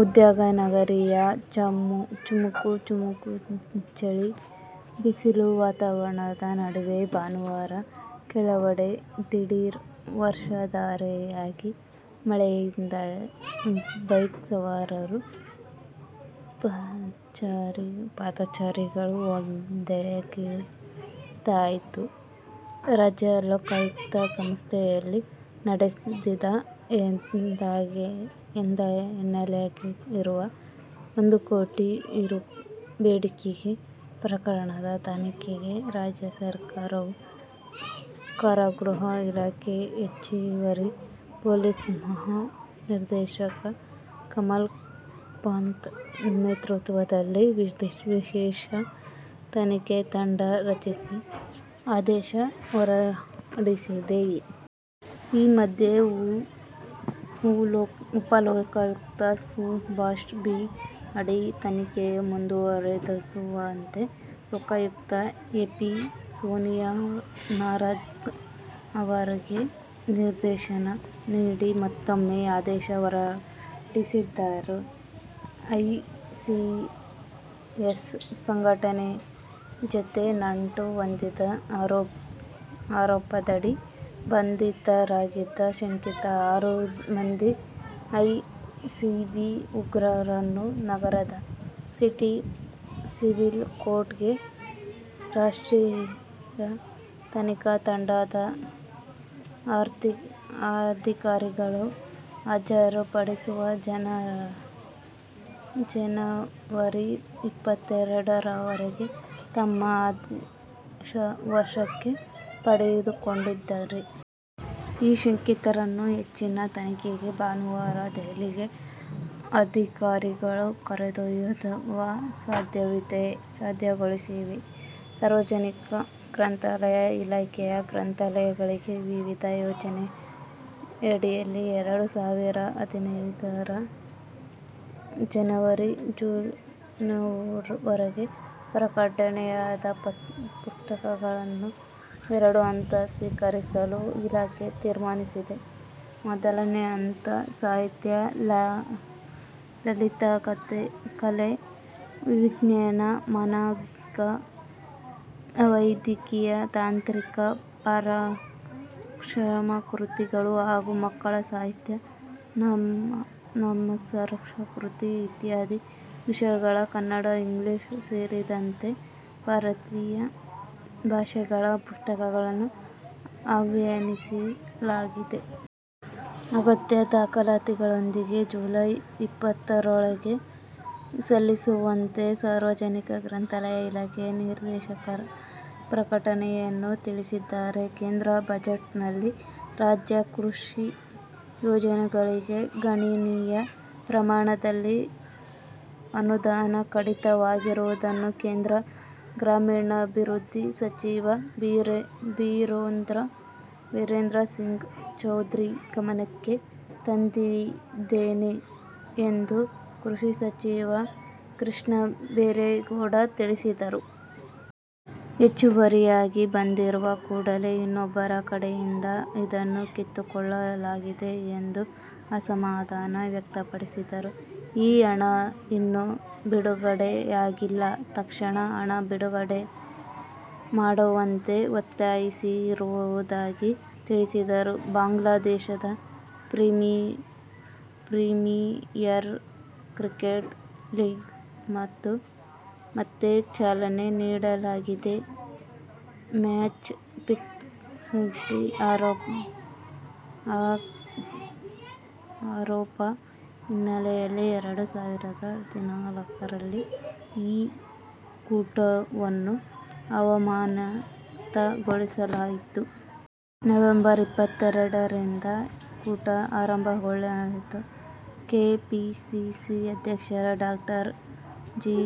ಉದ್ಯಾನನಗರಿಯ ಚುಮು, ಚುಮು ಚಳಿ, ಬಿಸಿಲ ವಾತಾವರಣದ ನಡುವೆಯೇ ಬುಧವಾರ ಕೆಲವೆಡೆ ದಿಢೀರ್ ವರ್ಷಧಾರೆಯಾಗಿದೆ. ಮಳೆಯಿಂದಾಗಿ ಬೈಕ್ ಸವಾರರು, ಪಾದಚಾರಿಗಳು ಒದ್ದೆಯಾಗುವಂತಾಯಿತು. ರಾಜ್ಯ ಲೋಕಾಯುಕ್ತ ಸಂಸ್ಥೆಯಲ್ಲಿ ನಡೆದಿದೆ ಎನ್ನಲಾಗಿ ರುವ ಒಂದು ಕೋಟಿ ರೂ. ಬೇಡಿಕೆ ಪ್ರಕರಣದ ತನಿಖೆಗೆ ರಾಜ್ಯ ಸರಕಾರವು ಕಾರಾಗೃಹ ಇಲಾಖೆ ಹೆಚ್ಚುವರಿ ಪೊಲೀಸ್ ಮಹಾ ನಿರ್ದೇಶಕ ಕಮಲ್ ಪಂತ್ ನೇತೃತ್ವದಲ್ಲಿ ವಿಶೇಷ ತನಿಖಾ ತಂಡ ರಚಿಸಿ ಆದೇಶ ಹೊರಡಿಸಿದೆ. ಈ ಮಧ್ಯೆ, ಉಪಲೋಕಾಯುಕ್ತ ಸುಭಾಷ್ ಬಿ. ಅಡಿ ತನಿಖೆ ಮುಂದುವರಿಸುವಂತೆ ಲೋಕಾಯುಕ್ತ ಎಸ್ಪಿ ಸೋನಿಯಾ ನಾರಂಗ್ ಅವರಿಗೆ ನಿರ್ದೇಶನ ನೀಡಿ ಮತ್ತೂಮ್ಮೆ ಆದೇಶ ಹೊರಡಿಸಿದ್ದಾರೆ. ಐಸಿಸ್ ಸಂಘಟನೆ ಜತೆ ನಂಟು ಹೊಂದಿದ ಆರೋಪದಡಿ ಬಂಧಿತರಾಗಿರುವ ಶಂಕಿತ ಆರು ಮಂದಿ ಐಸಿಸ್ ಉಗ್ರರನ್ನು ನಗರದ ಸಿಟಿ ಸಿವಿಲ್ ಕೋರ್ಟ್ಗೆ ರಾಷ್ಟ್ರೀಯ ತನಿಖಾ ತಂಡದ ಅಧಿಕಾರಿಗಳು ಹಾಜರುಪಡಿಸಿ, ಜನವರಿ ಇಪ್ಪತ್ತೇಳರವರೆಗೆ ತಮ್ಮ ವಶಕ್ಕೆ ಪಡೆದುಕೊಂಡಿದ್ದಾರೆ. ಈ ಶಂಕಿತರನ್ನು ಹೆಚ್ಚಿನ ತನಿಖೆಗೆ ಭಾನುವಾರ ದೆಹಲಿಗೆ ಅಧಿಕಾರಿಗಳು ಕರೆದೊಯ್ಯುವ ಸಾಧ್ಯತೆಗಳಿವೆ. ಸಾರ್ವಜನಿಕ ಗ್ರಂಥಾಲಯ ಇಲಾಖೆಯ ಗ್ರಂಥಾಲಯಗಳಿಗೆ ವಿವಿಧ ಯೋಜನೆಯಡಿ ಎರಡು ಸಾವಿರದ ಹದಿನೈದರ ಜನವರಿ-ಜೂನ್ವರೆಗೆ ಪ್ರಕಟಣೆಯಾದ ಪುಸ್ತಕಗಳನ್ನು ಎರಡು ಹಂತಗಳಲ್ಲಿ ಸ್ವೀಕರಿಸಲು ಇಲಾಖೆ ತೀರ್ಮಾನಿಸಿದೆ. ಮೊದಲ ಹಂತದಲ್ಲಿ ಸಾಹಿತ್ಯ, ಲಲಿತಕಲೆ, ವಿಜ್ಞಾನ, ಮಾನವಿಕ, ವೈದ್ಯಕೀಯ, ತಾಂತ್ರಿಕ, ಪರಾಮರ್ಶನ ಕೃತಿಗಳು ಹಾಗೂ ಮಕ್ಕಳ ಸಾಹಿತ್ಯ, ನವಸಾಕ್ಷರರ ಕೃತಿ ಇತ್ಯಾದಿ ವಿಷಯಗಳ ಕನ್ನಡ, ಇಂಗ್ಲಿಷ್ ಸೇರಿದಂತೆ ಭಾರತೀಯ ಭಾಷೆಗಳ ಪುಸ್ತಕಗಳನ್ನು ಆಹ್ವಾನಿಸಲಾಗಿದೆ. ಅಗತ್ಯ ದಾಖಲೆಗಳೊಂದಿಗೆ ಜುಲೈ ಇಪ್ಪತ್ತರೊಳಗೆ ಸಲ್ಲಿಸುವಂತೆ ಸಾರ್ವಜನಿಕ ಗ್ರಂಥಾಲಯ ಇಲಾಖೆ ನಿರ್ದೇಶಕರು ಪ್ರಕಟಣೆಯಲ್ಲಿ ತಿಳಿಸಿದ್ದಾರೆ. ಕೇಂದ್ರ ಬಜೆಟ್ನಲ್ಲಿ ರಾಜ್ಯ ಕೃಷಿ ಯೋಜನೆಗಳಿಗೆ ಗಣನೀಯ ಪ್ರಮಾಣದಲ್ಲಿ ಅನುದಾನ ಕಡಿತವಾಗಿರುವುದನ್ನು ಕೇಂದ್ರ ಗ್ರಾಮೀಣಾಭಿವೃದ್ಧಿ ಸಚಿವ ಬಿರೇಂದ್ರ ಸಿಂಗ್ ಚೌಧರಿ ಗಮನಕ್ಕೆ ತಂದಿದ್ದೇನೆ ಎಂದು ಕೃಷಿ ಸಚಿವ ಕೃಷ್ಣ ಬೈರೇಗೌಡ ತಿಳಿಸಿದರು. ಹೆಚ್ಚುವರಿಯಾಗಿ ಬಂದಿದ್ದರೂ ಕೂಡ ಇನ್ನೊಂದು ಕಡೆಯಿಂದ ಅದನ್ನು ಕಿತ್ತುಕೊಳ್ಳಲಾಗಿದೆ ಎಂದು ಅಸಮಾಧಾನ ವ್ಯಕ್ತಪಡಿಸಿದರು. ಈ ಹಣ ಇನ್ನೂ ಬಿಡುಗಡೆಯಾಗಿಲ್ಲ. ತಕ್ಷಣ ಹಣ ಬಿಡುಗಡೆ ಮಾಡುವಂತೆ ಒತ್ತಾಯಿಸಿರುವುದಾಗಿ ತಿಳಿಸಿದರು. ಬಾಂಗ್ಲಾದೇಶ ಪ್ರೀಮಿಯರ್ ಕ್ರಿಕೆಟ್ ಲೀಗ್ಗೆ ಮತ್ತೆ ಚಾಲನೆ ನೀಡಲಾಗಿದೆ. ಮ್ಯಾಚ್ ಫಿಕ್ಸಿಂಗ್ ಆರೋಪ ಹಿನ್ನೆಲೆಯಲ್ಲಿ ಎರಡು ಸಾವಿರದ ಹದಿನಾಲ್ಕರಲ್ಲಿ ಈ ಕೂಟವನ್ನು ಅಮಾನತುಗೊಳಿಸಲಾಗಿತ್ತು. ನವೆಂಬರ್ ಇಪ್ಪತ್ತೆರಡರಿಂದ ಕೂಟ ಆರಂಭಗೊಳ್ಳಲಿದೆ. ಕೆಪಿಸಿಸಿ ಅಧ್ಯಕ್ಷ ಡಾ ಜಿ.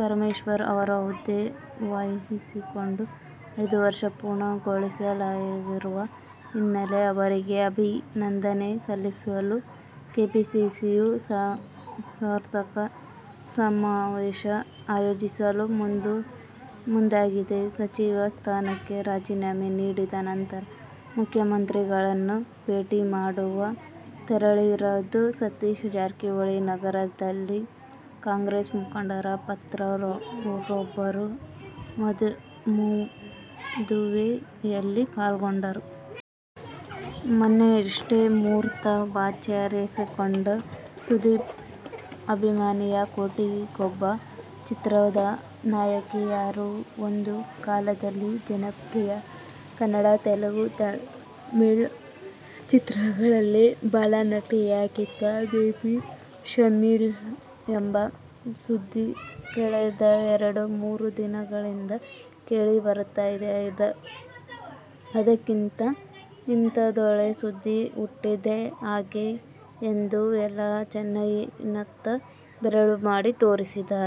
ಪರಮೇಶ್ವರ್ ಅವರು ಹುದ್ದೆ ವಹಿಸಿಕೊಂಡು ಐದು ವರ್ಷ ಪೂರ್ಣಗೊಳ್ಳಲಿರುವ ಹಿನ್ನೆಲೆಯಲ್ಲಿ ಅವರಿಗೆ ಅಭಿನಂದನೆ ಸಲ್ಲಿಸಲು ಕೆಪಿಸಿಸಿಯು ಸಾರ್ಥಕ ಸಮಾವೇಶ ಆಯೋಜಿಸಲು ಮುಂದಾಗಿದೆ. ಸಚಿವ ಸ್ಥಾನಕ್ಕೆ ರಾಜೀನಾಮೆ ನೀಡಿದ ನಂತರ ಮುಖ್ಯಮಂತ್ರಿಗಳನ್ನು ಭೇಟಿ ಮಾಡಲು ತೆರಳಬೇಕಿದ್ದ ಸತೀಶ ಜಾರಕಿಹೊಳಿ ನಗರದಲ್ಲಿ ಕಾಂಗ್ರೆಸ್ ಮುಖಂಡರ ಪತ್ರರೊಬ್ಬರ ಮದುವೆಯಲ್ಲಿ ಪಾಲ್ಗೊಂಡರು. ಮೊನ್ನೆಯಷ್ಟೇ ಮುಹೂರ್ತ ವಾಚರಿಸಿಕೊಂಡ ಸುದೀಪ್ ಅಭಿನಯದ "ಕೋಟಿಗೊಬ್ಬ' ಚಿತ್ರದ ನಾಯಕಿ ಯಾರು? ಒಂದು ಕಾಲದಲ್ಲಿ ಜನಪ್ರಿಯ ಕನ್ನಡ, ತಮಿಳು, ತೆಲುಗು ಚಿತ್ರಗಳಲ್ಲಿ ಬಾಲನಟಿಯಾಗಿದ್ದ ಬೇಬಿ ಶ್ಯಾಮಿಲಿ ಎಂಬ ಸುದ್ದಿ ಕಳೆದೆರೆಡು ಮೂರು ದಿನಗಳಿಂದ ಕೇಳಿ ಬರುತ್ತಿದೆ. ಇದಕ್ಕಿದ್ದಂತೆ ಇಂಥದ್ದೊಂದು ಸುದ್ದಿ ಹುಟ್ಟಿದ್ದು ಹೇಗೆ ಎಂದರೆ ಎಲ್ಲರೂ ಚೆನ್ನೈನತ್ತ ಬೆರಳು ತೋರಿಸುತ್ತಾರೆ.